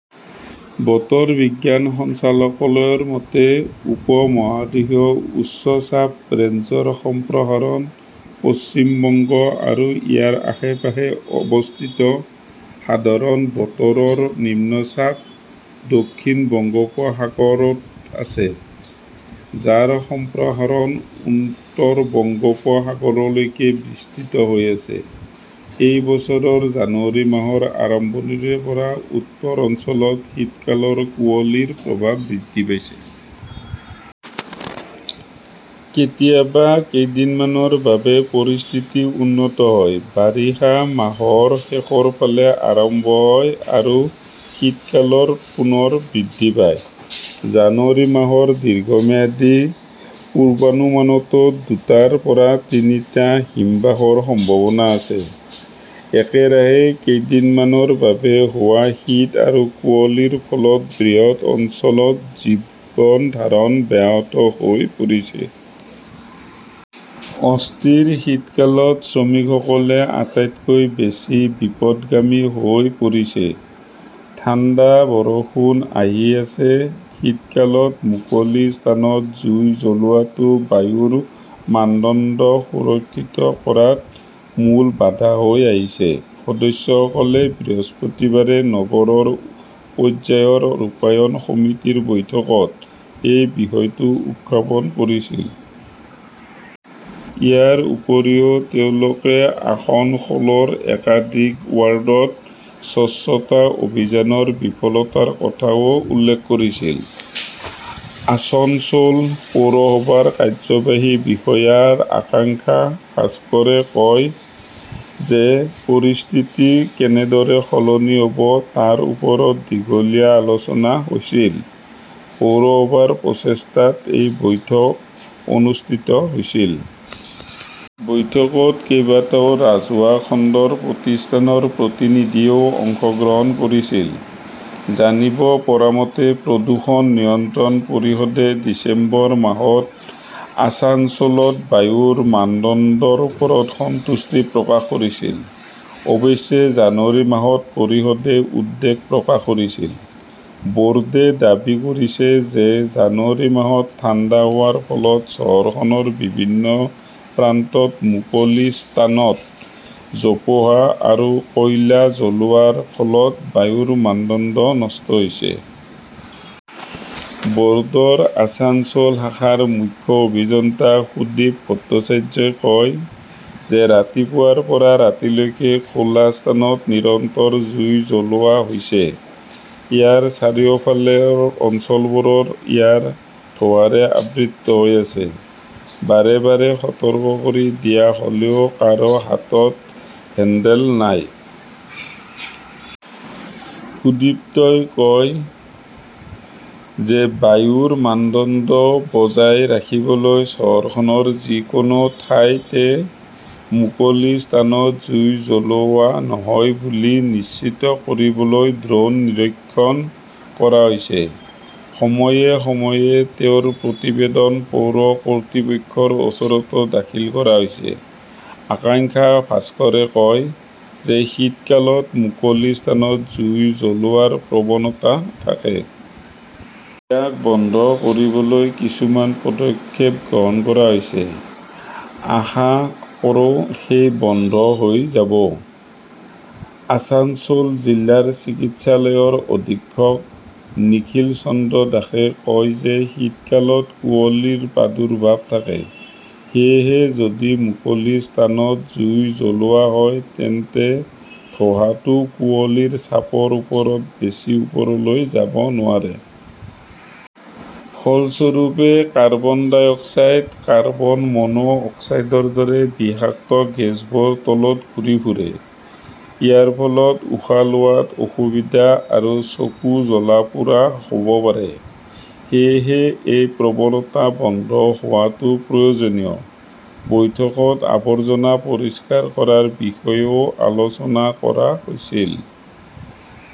বতৰ বিজ্ঞান সঞ্চালকালয়ৰ মতে, উপ-মহাদেশীয় উচ্চ চাপ ৰেঞ্জৰ সম্প্ৰসাৰণ পশ্চিম বংগ আৰু ইয়াৰ আশে-পাশে অৱস্থিত। সাধাৰণ বতৰৰ নিম্নচাপ দক্ষিণ বংগোপসাগৰত আছে, যাৰ সম্প্ৰসাৰণ উত্তৰ বংগোপসাগৰলৈকে বিস্তৃত হৈ আছে। এই বছৰৰ জানুৱাৰী মাহৰ আৰম্ভণিৰে পৰা উত্তৰ অঞ্চলত শীতকালৰ কুঁৱলীৰ প্ৰভাৱ বৃদ্ধি পাইছে। কেতিয়াবা কেইদিনমানৰ বাবে পৰিস্থিতি উন্নত হয়। বাৰিষা মাহৰ শেষৰ ফালে আৰম্ভ হয় আৰু শীতকাল পুনৰ বৃদ্ধি পায়। জানুৱাৰী মাহৰ দীৰ্ঘম্যাদী পূৰ্বানুমানতো দুটাৰ পৰা তিনিটা হিমবাহৰ সম্ভাৱনা আছে। একেৰাহে কেইদিনমানৰ বাবে হোৱা শীত আৰু কুঁৱলীৰ ফলত বৃহৎ অঞ্চলত জীৱন ধাৰণ ব্যাহত হৈ পৰিছে। অস্থিৰ শীতকালত শ্ৰমিকসকলে আটাইতকৈ বেছি বিপথগামী হৈ পৰিছে। ঠাণ্ডা বৰষুণ আহি আছে শীতকালত মুকলি স্থানত জুই জ্বলোৱাটো বায়ুৰ মানদণ্ড সুৰক্ষিত কৰাত মূল বাধা হৈ আহিছে। সদস্যসকলে বৃহস্পতিবাৰে নগৰ পৰ্যায়ৰ ৰূপায়ণ সমিতিৰ বৈঠকত এই বিষয়টো উত্থাপন কৰিছিল। ইয়াৰ উপৰিও, তেওঁলোকে আসনসোলৰ একাধিক ৱাৰ্ডত স্বচ্ছতা অভিযানৰ বিফলতাৰ কথাও উল্লেখ কৰিছিল। আসনসোল পৌৰসভাৰ কাৰ্যবাহী বিষয়া আকাংক্ষা ভাস্কৰে কয় যে ,পৰিস্থিতি কেনেদৰে সলনি হ'ব তাৰ ওপৰত দীঘলীয়া আলোচনা হৈছিল। পৌৰসভাৰ প্ৰচেষ্টাত এই বৈঠক অনুষ্ঠিত হৈছিল। বৈঠকত কেইবাটাও ৰাজহুৱা খণ্ডৰ প্ৰতিষ্ঠানৰ প্ৰতিনিধিয়েও অংশগ্ৰহণ কৰিছিল। জানিব পৰা মতে, প্ৰদূষণ নিয়ন্ত্ৰণ পৰিষদে ডিচেম্বৰ মাহত আছানসোলত বায়ুৰ মানদণ্ডৰ ওপৰত সন্তুষ্টি প্ৰকাশ কৰিছিল। অৱশ্যে, জানুৱাৰী মাহত পৰিষদে উদ্বেগ প্ৰকাশ কৰিছিল। ব'ৰ্ডে দাবী কৰিছে যে, জানুৱাৰী মাহত ঠাণ্ডা হোৱাৰ ফলত চহৰখনৰ বিভিন্ন প্ৰান্তত মুকলি স্থানত জোপোহা আৰু কয়লা জ্বলোৱাৰ ফলত বায়ুৰ মানদণ্ড নষ্ট হৈছে। ব'ৰ্ডৰ আছানসোল শাখাৰ মুখ্য অভিযন্তা সুদীপ ভট্টাচাৰ্যই কয়, "ৰাতিপুৱাৰ পৰা ৰাতিলৈকে খোলা স্থানত নিৰন্তৰ জুই জ্বলোৱা হৈছে। ইয়াৰ চাৰিওফালৰ অঞ্চলবোৰ ইয়াৰ ধোঁৱাৰে আবৃত হৈ আছে। বাৰে বাৰে সতৰ্ক কৰি দিয়া হ'লেও কাৰো হাতত হেল্ডল নাই।" সুদীপই কয় যে বায়ুৰ মানদণ্ড বজাই ৰাখিবলৈ চহৰখনৰ যিকোনো ঠাইতে মুকলি স্থানত জুই জ্বলোৱা নহয় বুলি নিশ্চিত কৰিবলৈ ড্ৰোন নিৰীক্ষণ কৰা হৈছে। সময়ে সময়ে তেওঁৰ প্ৰতিবেদন পৌৰ কৰ্তৃপক্ষৰ ওচৰতো দাখিল কৰা হৈছে। আকাংক্ষা ভাস্কৰে কয়, শীতকালত মুকলি স্থানত জুই জ্বলোৱাৰ প্ৰৱণতা থাকে। ইয়াক বন্ধ কৰিবলৈ কিছুমান পদক্ষেপ গ্ৰহণ কৰা হৈছে। আশা কৰোঁ সেইটো বন্ধ হৈ যাব।" আছানসোল জিলা চিকিৎসালয়ৰ অধীক্ষক নিখিল চন্দ্ৰ দাসে কয় যে, শীতকালত কুঁৱলীৰ প্ৰাদুৰ্ভাৱ থাকে। সেয়েহে যদি মুকলি স্থানত জুই জ্বলোৱা হয় তেন্তে ধোঁৱাটো কুঁৱলীৰ চাপৰ ওপৰত বেছি ওপৰলৈ যাব নোৱাৰে। ফলস্বৰূপে, কাৰ্বন ডাই অক্সাইড, কাৰ্বন মনো অক্সাইডৰ দৰে বিষাক্ত গেছবোৰ তলত ঘূৰি ফুৰে। ইয়াৰ ফলত উশাহ লোৱাত অসুবিধা আৰু চকু জ্বলা-পোৰা হ'ব পাৰে। সেয়েহে এই প্ৰৱণতা বন্ধ হোৱাটো প্ৰয়োজনীয়। বৈঠকত আৱৰ্জনা পৰিষ্কাৰ কৰাৰ বিষয়েও আলোচনা কৰা হৈছিল।